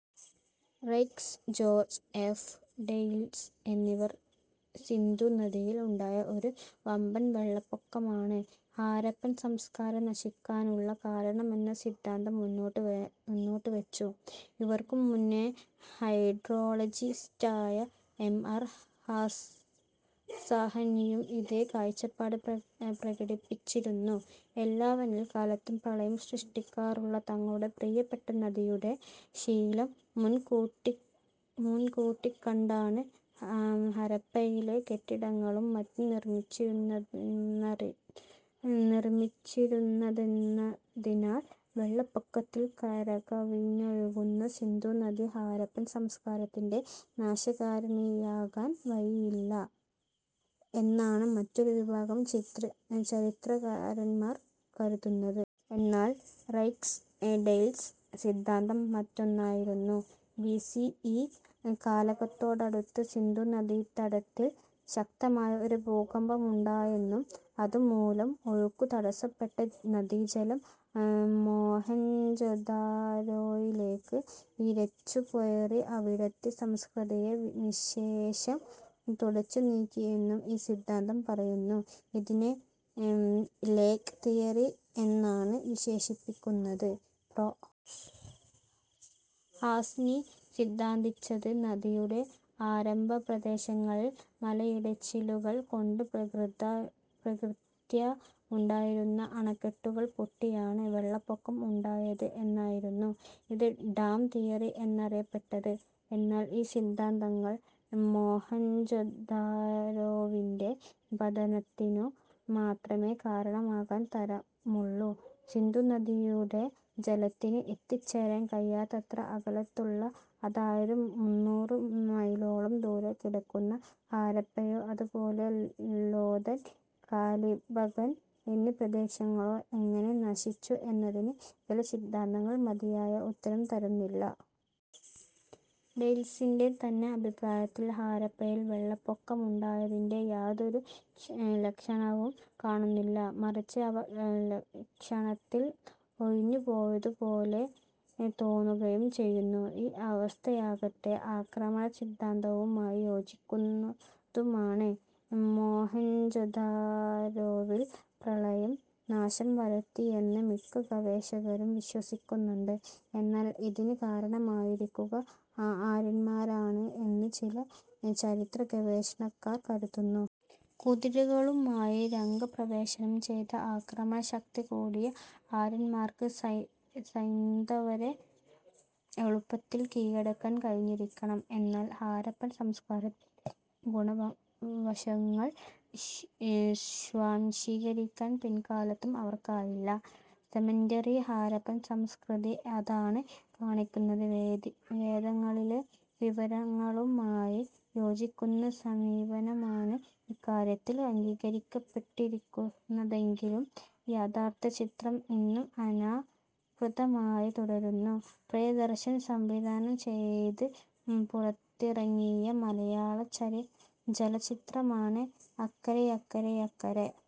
Raikes, George F. Dales എന്നിവർ സിന്ധു നദിയിൽ ഉണ്ടായ ഒരു വമ്പൻ വെള്ളപ്പൊക്കമാണ് ഹാരപ്പൻ സംസ്കാരം നശിക്കാനുള്ള കാരണമെന്ന സിദ്ധാന്തം മുന്നോട്ട് വ മുന്നോട്ടുവച്ചു. ഇവർക്കും മുന്നേ ഹൈഡ്രോളജിസ്റ്റായ എം. ആർ. ഹാസി സാഹ്നിയും ഇതേ കാഴ്ചപ്പാട് പ്രകടിപ്പിച്ചിരുന്നു. എല്ലാ വേനൽക്കാലത്തും പ്രളയം സൃഷ്ടിക്കാറുള്ള തങ്ങളുടെ പ്രിയപ്പെട്ട നദിയുടെ ശീലം മുൻകൂട്ടിക്കണ്ടാണ് ഹരപ്പയിലെ കെട്ടിടങ്ങളും മറ്റും നിർമ്മിച്ചിരുന്നതെന്നതിനാൽ വെള്ളപ്പൊക്കത്തിൽ കരകവിഞ്ഞൊഴുകുന്ന സിന്ധു നദി ഹാരപ്പൻ സംസ്കാരത്തിൻ്റെ നാശകാരിണിയാകാൻ വഴിയില്ല എന്നാണ് മറ്റൊരു വിഭാഗം ചരിത്രകാരന്മാർ കരുതുന്നത്. എന്നാൽ റെയ്ക്സ് ഡെയ്ല്സ് സിദ്ധാന്തം മറ്റൊന്നായിരുന്നു. ബി. സി. ഇ കാലത്തോടടുത്ത് സിന്ധുനദീതടത്തിൽ ശക്തമായ ഒരു ഭൂകമ്പമുണ്ടായെന്നും അതുമൂലം ഒഴുക്കു തടസ്സപ്പെട്ട നദീജലം മൊഹെൻജൊദാരോയിലേക്ക് ഇരച്ചുകയറി അവിടത്തെ സംസ്കൃതിയെ നിശ്ശേഷം തുടച്ചുനീക്കി എന്നും ഈ സിദ്ധാന്തം പറയുന്നു. ഇതിനെ ലേക്ക് തിയറി എന്നാണ് വിശേഷിപ്പിക്കുന്നത്. പ്രൊ ഹാസ്നി സിദ്ധാന്തിച്ചത് നദിയുടെ ആരംഭപ്രദേശങ്ങളിൾ മലയിടിച്ചിലുകൾ കൊണ്ട് പ്രകൃത പ്രകൃത്യാ ഉണ്ടായിരുന്ന അണക്കെട്ടുകൾ പൊട്ടിയാണ് വെള്ളപ്പൊക്കം ഉണ്ടായത് എന്നായിരുന്നു. ഇത് ഡാം തിയറി എന്നറിയപ്പെട്ടത്. എന്നാൽ ഈ സിദ്ധാന്തങ്ങൾ മൊഹെൻജൊദാരോവിൻ്റെ പതനത്തിനു മാത്രമേ കാരണമാകാൻ തരമുള്ളൂ. സിന്ധു നദിയുടെ ജലത്തിന് എത്തിച്ചേരാൻ കഴിയാത്തത്ര അകലത്തുള്ള, അതായത് മുന്നൂറു മൈലോളം ദൂരെ കിടക്കുന്ന ഹാരപ്പയോ അതുപോലെ ലോഥൽ, കാലിബഗൻ എന്നീ പ്രദേശങ്ങളോ എങ്ങനെ നശിച്ചു എന്നതിന് ജലസിദ്ധാന്തങ്ങൾ മതിയായ ഉത്തരം തരുന്നില്ല. ഡെയ്ല്സിൻ്റെ തന്നെ അഭിപ്രായത്തിൽ ഹാരപ്പയിൽ വെള്ളപ്പൊക്കമുണ്ടായതിൻ്റെ യാതൊരു ലക്ഷണവും കാണുന്നില്ല. മറിച്ച് അവ ക്ഷണത്തിൽ ഒഴിഞ്ഞുപോയതുപോലെ തോന്നുകയും ചെയ്യുന്നു. ഈ അവസ്ഥയാകട്ടെ ആക്രമണസിദ്ധാന്തവുമായി യോജിക്കുന്നതുമാണ്. മൊഹെൻജൊദാരോവിൽ പ്രളയം നാശം വരുത്തിയെന്ന് മിക്ക ഗവേഷകരും വിശ്വസിക്കുന്നുണ്ട്. എന്നാൽ ഇതിന് കാരണമായിരിക്കുക ആര്യന്മാരാണ് എന്ന് ചില ചരിത്രഗവേഷണക്കാർ കരുതുന്നു. കുതിരകളുമായി രംഗപ്രവേശനം ചെയ്ത ആക്രമണശക്തി കൂടിയ ആര്യന്മാർക്ക് സൈ സൈന്ധവരെ എളുപ്പത്തിൽ കീഴടക്കാൻ കഴിഞ്ഞിരിക്കണം. എന്നാൽ ഹാരപ്പൻ സംസ്കാരത്തിൻ്റെ ഗുണവശങ്ങൾ സ്വാംശീകരിക്കാൻ പിൽക്കാലത്തും അവർക്കായില്ല. സെമന്ററി ഹാരപ്പൻ സംസ്കൃതി അതാണ് കാണിക്കുന്നത്. വേദങ്ങളിലെ വിവരണങ്ങളുമായി യോജിക്കുന്ന സമീപനമാണ് ഇക്കാര്യത്തിൽ അംഗീകരിക്കപ്പെട്ടിരിക്കുന്നതെങ്കിലും യഥാർത്ഥചിത്രം ഇന്നും അനാവൃതമായി തുടരുന്നു. പ്രിയദർശൻ സംവിധാനം ചെയ്ത് പുറത്തിറങ്ങിയ മലയാള ചല ചലച്ചിത്രമാണ് അക്കരെയക്കരെയക്കരെ.